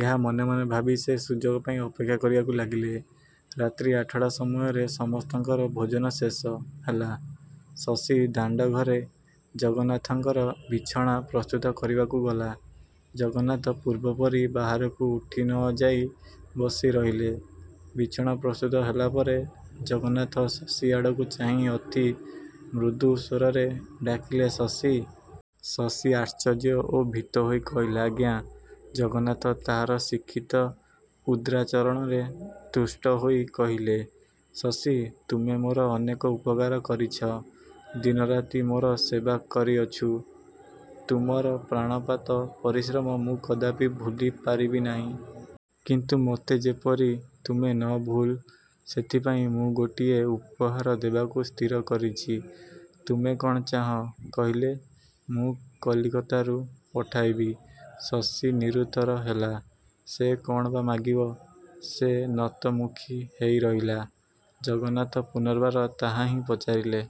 ଏହା ମନେ ମନେ ଭାବି ସେ ସୁଯୋଗପାଇଁ ଅପେକ୍ଷା କରିବାକୁ ଲାଗିଲେ। ରାତ୍ରୀ ଆଠଟା ସମୟରେ ସମସ୍ତଙ୍କର ଭୋଜନ ଶେଷ। ହେଲା। ଶଶୀ ଦାଣ୍ଡଘରେ ଜଗନ୍ନାଥଙ୍କର ବିଛଣା ପ୍ରସ୍ତୁତ କରିବାକୁ ଗଲା। ଜଗନ୍ନାଥ ପୂର୍ବପରି ବାହାରକୁ ଉଠି ନ ଯାଇ ବସି ରହିଲେ। ବିଛଣା ପ୍ରସ୍ତୁତ ହେଲାପରେ ଜଗନ୍ନାଥ ଶଶୀ ଆଡ଼କୁ ଚାହିଁ ଅତି ମୃଦୁସ୍ୱରରେ ଡାକିଲେ "ଶଶୀ"। ଶଶୀ ଆଶ୍ଟର୍ଯ୍ୟ ଓ ଭୀତ ହୋଇ କହିଲା "ଆଜ୍ଞା। " ଜଗନ୍ନାଥ ତାହାର ଶିକ୍ଷିତ, ଭଦ୍ରାଚରଣରେ ତୁଷ୍ଟ ହୋଇ କହିଲେ, "ଶଶୀ, ତୁମେ ମୋର ଅନେକ ଉପକାର କରିଛ, ଦିନରାତି ମୋର ସେବା କରିଅଛୁ। ତୁମର ପ୍ରାଣପାତ ପରିଶ୍ରମ ମୁଁ କଦାପି ଭୂଲି ପାରିବି ନାଇଁ। କିନ୍ତୁ ମୋତେ ଯେପରି ତୁମେ ନ ଭୂଲ, ସେଥିପାଇଁ ମୁଁ ଗୋଟିଏ ଉପହାର ଦେବାକୁ ସ୍ଥିର କରିଛି। ତୁମେ କ'ଣ ଚାହିଁ କହିଲେ, ମୁଁ କଲିକତାରୁ ପଠାଇବି। " ଶଶୀ ନିରୁତ୍ତର ହେଲା। ସେ କ'ଣ ବା ମାଗିବ? ସେ ନତମୁଖୀ ହେଇ ରହିଲା। ଜଗନ୍ନାଥ ପୁନର୍ବାର ତାହାହିଁ ପଚାରିଲେ।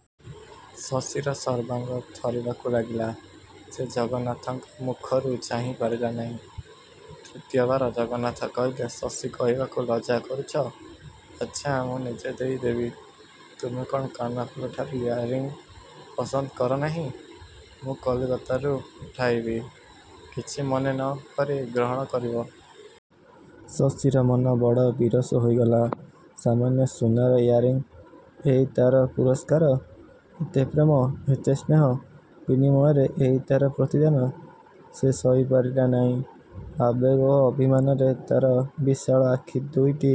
ଶଶୀର ସର୍ବାଙ୍ଗ ଥରିବାକୁ ଲାଗିଲା। ସେ ଜଗନ୍ନାଥଙ୍କ ମୁଖକୁ ଚାହିଁ ପାରିଲା ନାଇଁ। ତୃତୀୟବାର ଜଗନ୍ନାଥ କହିଲେ "ଶଶୀ, କହିବାକୁ ଲଜ୍ଜା କରୁଛ? ଆଛା, ମୁଁ ନିଜେ ଦେଇ ଦେବି। ତୁମେ କ'ଣ କାନଫୁଲ ଠାରୁ ୟାରିଂ ପସନ୍ଦ କର ନାହିଁ? ମୁଁ କଲିକତାରୁ ପଠାଇବି, କିଛି ମନେ ନ କରି ଗ୍ରହଣ କରିବ। " ଶଶୀର ମନ ବଡ଼ ବିରସ ହୋଇଗଲା, ସାମାନ୍ୟ ସୁନାର ୟାରିଂ? ଏଇ ତାର ପୁରସ୍କାର? ଏତେ ପ୍ରେମ, ଏତେ ସ୍ନେହ ବିନିମୟରେ ଏଇ ତାର ପ୍ରତିଦାନ! ସେ ସହି ପାରିଲା ନାଇଁ। ଆବେଗ ଓ ଅଭିମାନରେ ତାର ବିଶାଳ ଆଖିଦୁଇଟି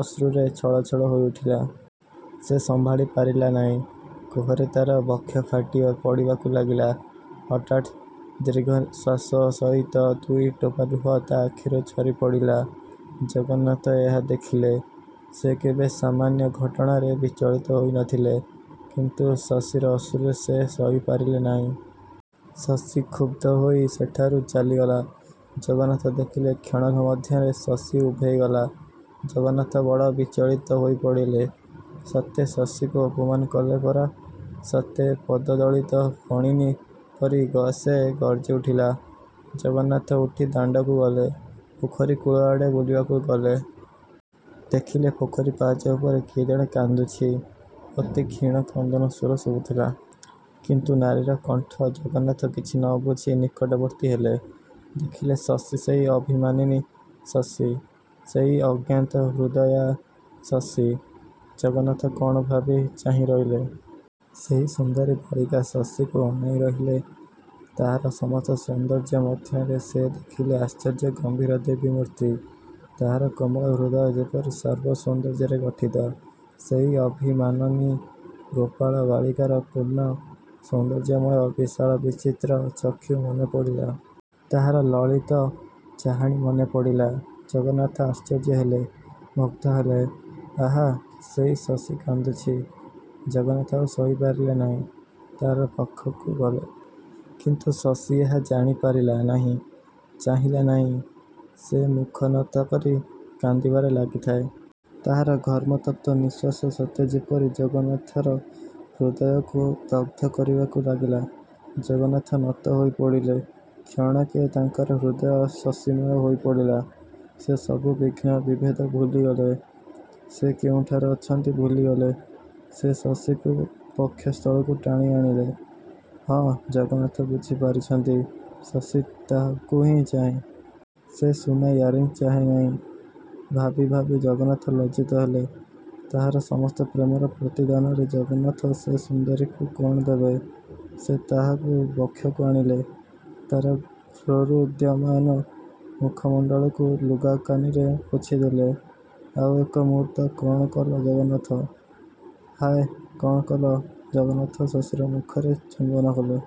ଅଶ୍ରୁରେ ଛଳଛଳ ହୋଇଉଠିଲା। ସେ ସମ୍ଭାଳି ପାରିଲା ନାଇଁ। କୋହରେ ତାର ବକ୍ଷ ଫାଟି ପଡ଼ିବାକୁ ଲାଗିଲା। ହଠାତ୍ ଦୀର୍ଘଶ୍ୱାସ ସହିତ ଦୁଇ ଟୋପାଲୁହ ତା'ଆଖିରୁ ଝରି ପଡ଼ିଲା। ଜଗନ୍ନାଥ ଏହା ଦେଖିଲେ। ସେ କେବେ ସାମାନ୍ୟ ଘଟଣାରେ ବିଚଳିତ ହୋଇ ନ ଥିଲେ; କିନ୍ତୁ ଶଶୀର ଅଶ୍ରୁ ସେ ସହିପାରିଲେ ନାଇଁ। ଶଶୀ କ୍ଷୁବ୍ଧ ହୋଇ ସେଠାରୁ ଚାଲିଗଲା। ଜଗନ୍ନାଥ ଦେଖିଲେ କ୍ଷଣକ ମଧ୍ୟରେ ଶଶୀ ଉଭେଇ ଗଲା। ଜଗନ୍ନାଥ ବଡ଼ ବିଚଳିତ ହୋଇପଡ଼ିଲେ। ସତେ ଶଶୀକୁ ଅପମାନ କଲେ ପରା! ସତେ ପଦଦଳିତ ଫଣିନୀ ପରି ସେ ଗର୍ଜ୍ଜି ଉଠିଲା। ଜଗନ୍ନାଥ ଉଠି ଦାଣ୍ଡକୁ ଗଲେ। ପୋଖରୀ କୂଳ ଆଡ଼େ ବୁଲିବାକୁ ଗଲେ। ଦେଖିଲେ ପୋଖରୀ ପାହାଚ ଉପରେ କିଏ ଜଣେ କାନ୍ଦୁଛି। ଅତି କ୍ଷୀଣ କ୍ରନ୍ଦନସ୍ୱର ଶୁଭୁଥିଲା; କିନ୍ତୁ ନାରୀର କଣ୍ଠ! ଜଗନ୍ନାଥ କିଛି ନ ବୁଝି ନିକଟବର୍ତ୍ତୀ ହେଲେ। ଦେଖିଲେ ଶଶୀ, ସେଇ ଅଭିମାନିନୀ ଶଶୀ, ସେଇ ଅଜ୍ଞାତହୃଦୟା ଶଶୀ! ଜଗନ୍ନାଥ କ'ଣ ଭାବି ଚାହିଁ ରହିଲେ। ସେହି ସୁନ୍ଦରୀ ବାଳିକା ଶଶୀକୁ ଅନାଇଁ ରହିଲେ। ତାହାର ସସସ୍ତ ସୌନ୍ଦର୍ଯ୍ୟ ମଧ୍ୟରେ ସେ ଦେଖିଲେ ଆଶ୍ଚର୍ଯ୍ୟ ଗମ୍ଭୀର ଦେବୀ ମୂର୍ତ୍ତି। ତାହାର କୋମଳ ହୃଦୟ ଯେପରି ସର୍ବ ସୌନ୍ଦର୍ଯ୍ୟରେ ଗଠିତ। ସେହି ଅଭିମାନନୀ ଗୋପାଳ ବାଳିକାର ପୂର୍ଣ୍ଣ ସୌନ୍ଦର୍ଯ୍ୟମୟ, ବିଶାଳ, ବିଚିତ୍ର ଚକ୍ଷୁ ମନେ ପଡ଼ିଲା। ତାହାର ଲଲିତ ଚାହାଣି ମନେ ପଡ଼ିଲା। ଜଗନ୍ନାଥ ଆଶ୍ଚର୍ଯ୍ୟ ହେଲେ, ମୁଗ୍ଧ ହେଲେ। ଆହା, ସେହି ଶଶୀ କାନ୍ଦୁଛି। ଜଗନ୍ନାଥ ଆଉ ସହିପାରିଲେ ନାଇଁ। ତାର ପାଖକୁ ଗଲେ; କିନ୍ତୁ ଶଶୀ ଏହା ଜାଣି ପାରିଲା ନାହିଁ, ଚାହିଁଲା ନାଇଁ, ସେ ମୁଖନତକରି କାନ୍ଦିବାରେ ଲାଗିଥାଏ। ତାହାର ଘର୍ମତପ୍ତ ନିଃଶ୍ୱାସ ସତେ ଯେପରି ଜଗନ୍ନାଥର ହୃଦୟକୁ ଦଗ୍ଧ କରିବାକୁ ଲାଗିଲା। ଜଗନ୍ନାଥ ନତ ହୋଇପଡ଼ିଲେ। କ୍ଷଣକେ ତାଙ୍କର ହୃଦୟ ଶଶୀମୟ ହୋଇପଡିଲା। ସେ ସବୁ ବିଘ୍ନ, ବିଭେଦ ଭୁଳିଗଲେ। ସେ କେଉଁଠାରେ ଅଛନ୍ତି ଭୁଲିଗଲେ। ସେ ଶଶୀକୁ ବକ୍ଷସ୍ଥଳକୁ ଟାଣି ଆଣିଲେ। ହଁ, ଜଗନ୍ନାଥ ବୁଝି ପାରିଛନ୍ତି, ଶଶୀ ତାଙ୍କୁହିଁ ଚାହେଁ। ସେ ସୁନା ୟାରିଂ ଚାହେଁ ନାଇଁ। ଭାବି ଭାବି ଜଗନ୍ନାଥ ଲଜ୍ଜିତ ହେଲେ। ତାହାର ସସସ୍ତ ପ୍ରେମର ପ୍ରତିଦାନରେ ଜଗନ୍ନାଥ ସେ ସୁନ୍ଦରୀକୁ କ'ଣ ଦେବେ? ସେ ତାହାକୁ ବକ୍ଷକୁ ଆଣିଲେ। ତାର ରୋରୁଦ୍ୟମାନ ମୁଖମଣ୍ଡଳକୁ ଲୁଗାକାନିରେ ପୋଛି ଦେଲେ। ଆଉ ଏକ ମୂହୂର୍ତ୍ତ, କ'ଣ କଲ ଜଗନ୍ନାଥ, ହାୟ କ'ଣ କଲ? ଜଗନ୍ନାଥ ଶଶୀର ମୁଖରେ ଚୁମ୍ୱନକଲେ।